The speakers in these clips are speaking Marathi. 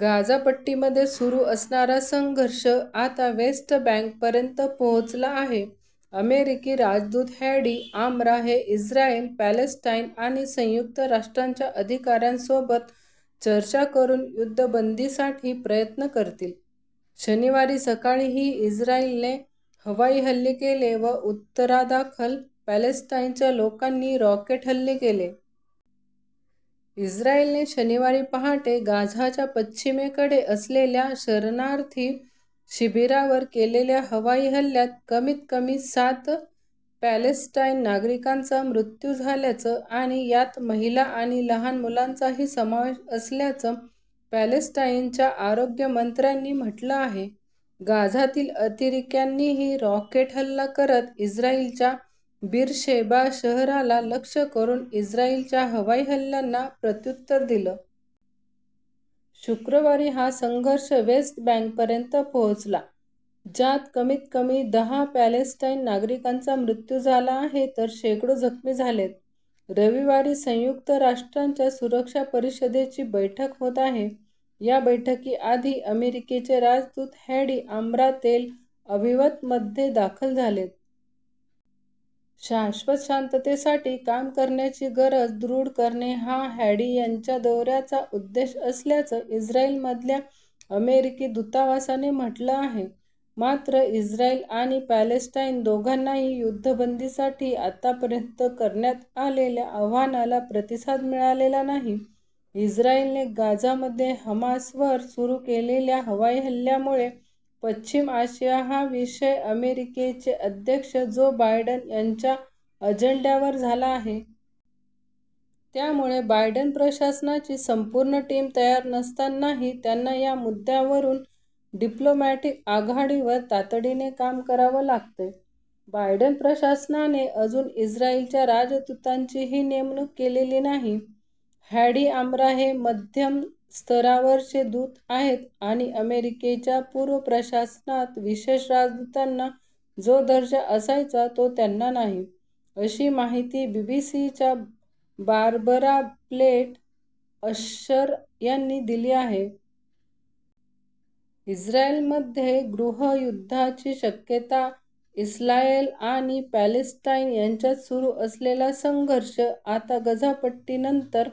गाझापट्टीमध्ये सुरू असणारा संघर्ष आता वेस्ट बँकपर्यंत पोहोचला आहे. अमेरिकी राजदूत हॅडी आम्रा हे इस्रायल, पॅलेस्टाईन आणि संयुक्त राष्ट्रांच्या अधिकाऱ्यांसोबत चर्चा करून युद्धबंदीसाठी प्रयत्न करतील. शनिवारी सकाळीही इस्रायलने हवाई हल्ले केले तर उत्तरादाखल पॅलेस्टाईनच्या लोकांनी रॉकेट हल्ले केले. इस्रायलने शनिवारी पहाटे गाझाच्या पश्चिमेकडे असलेल्या शरणार्थी शिबिरावर केलेल्या हवाई हल्ल्यात कमीत कमी सात पॅलेस्टाईन नागरिकांचा मृत्यू झाल्याचं आणि यात महिला आणि लहान मुलांचाही समावेश असल्याचं पॅलेस्टाईनच्या आरोग्य मंत्र्यांनी म्हटलं आहे. गाझातील अतिरेक्यांनीही रॉकेट हल्ला करत इस्रायलच्या बीरशेबा शहराला लक्ष्य करून इस्रायलच्या हवाई हल्ल्यांना प्रत्युत्तर दिलं. शुक्रवारी हा संघर्ष वेस्ट बँकपर्यंत पोहोचला. ज्यात कमीत कमी दहा पॅलेस्टाईन नागरिकांचा मृत्यू झाला आहे तर शेकडो जखमी झालेत. रविवारी संयुक्त राष्ट्रांच्या सुरक्षा परिषदेची बैठक होत आहे. या बैठकीआधी अमेरिकेचे राजदूत हॅडी आम्रा तेल अविवमध्ये दाखल झालेत. शाश्वत शांततेसाठी काम करण्याची गरज दृढ करणे हा हॅडी यांच्या दौऱ्याचा उद्देश असल्याचं इस्रायलमधल्या अमेरिकी दूतावासाने म्हटलं आहे. मात्र, इस्रायल आणि पॅलेस्टाईन दोघांनाही युद्धबंदीसाठी आतापर्यंत करण्यात आलेल्या आवाहनाला प्रतिसाद मिळालेला नाही. इस्रायलने गाझामध्ये हमासवर सुरू केलेल्या हवाई हल्ल्यामुळे पश्चिम आशिया हा विषय अमेरिकेचे अध्यक्ष जो बायडन यांच्या अजेंड्यावर आला आहे. त्यामुळे बायडन प्रशासनाची संपूर्ण टीम तयार नसतानाही त्यांना या मुद्द्यावरून डिप्लोमॅटिक आघाडीवर तातडीने काम करावं लागतंय. बायडन प्रशासनाने अजून इस्रायलच्या राजदूतांचीही नेमणूक केलेली नाही. हॅडी आम्रा हे मध्यम-स्तरावरचे दूत आहेत आणि अमेरिकेच्या पूर्व प्रशासनात विशेष राजदूतांना जो दर्जा असायचा तो त्यांना नाही, अशी माहिती बीबीसीच्या बारबरा प्लेट अशर यांनी दिली आहे. इस्रायलमध्ये गृहयुद्धाची शक्यता इस्लायल आणि पॅलेस्टाईन यांच्यात सुरू असलेला संघर्ष आता गाझापट्टीनंतर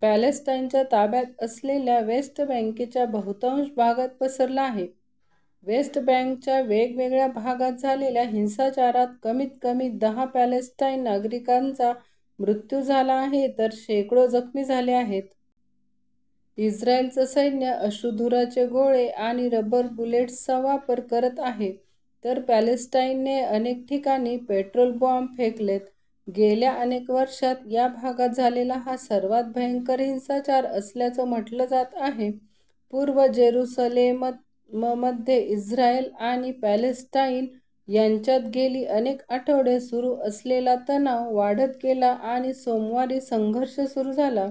पॅलेस्टाईनच्या ताब्यात असलेल्या वेस्ट बँकेच्या बहुतांश भागात पसरला आहे. वेस्ट बँकच्या वेगवेगळ्या भागात झालेल्या हिंसाचारात कमीत कमी दहा पॅलेस्टाईन नागरिकांचा मृत्यू झाला आहे तर शेकडो जखमी झाले आहेत. इस्रायलचं सैन्य अश्रूधुराचे गोळे आणि रबर बुलेट्सचा वापर करत आहे. तर पॅलेस्टाईनने अनेक ठिकाणी पेट्रोल बॉम्ब फेकलेत. गेल्या अनेक वर्षांत या भागात झालेला हा 'सर्वात भयंकर हिंसाचार' असल्याचं म्हटलं जात आहे. पूर्व जेरुसलेममध्ये इस्रायल आणि पॅलेस्टाईन यांच्यात गेली अनेक आठवडे सुरू असलेला तणाव वाढत गेला आणि सोमवारी संघर्ष सुरू झाला.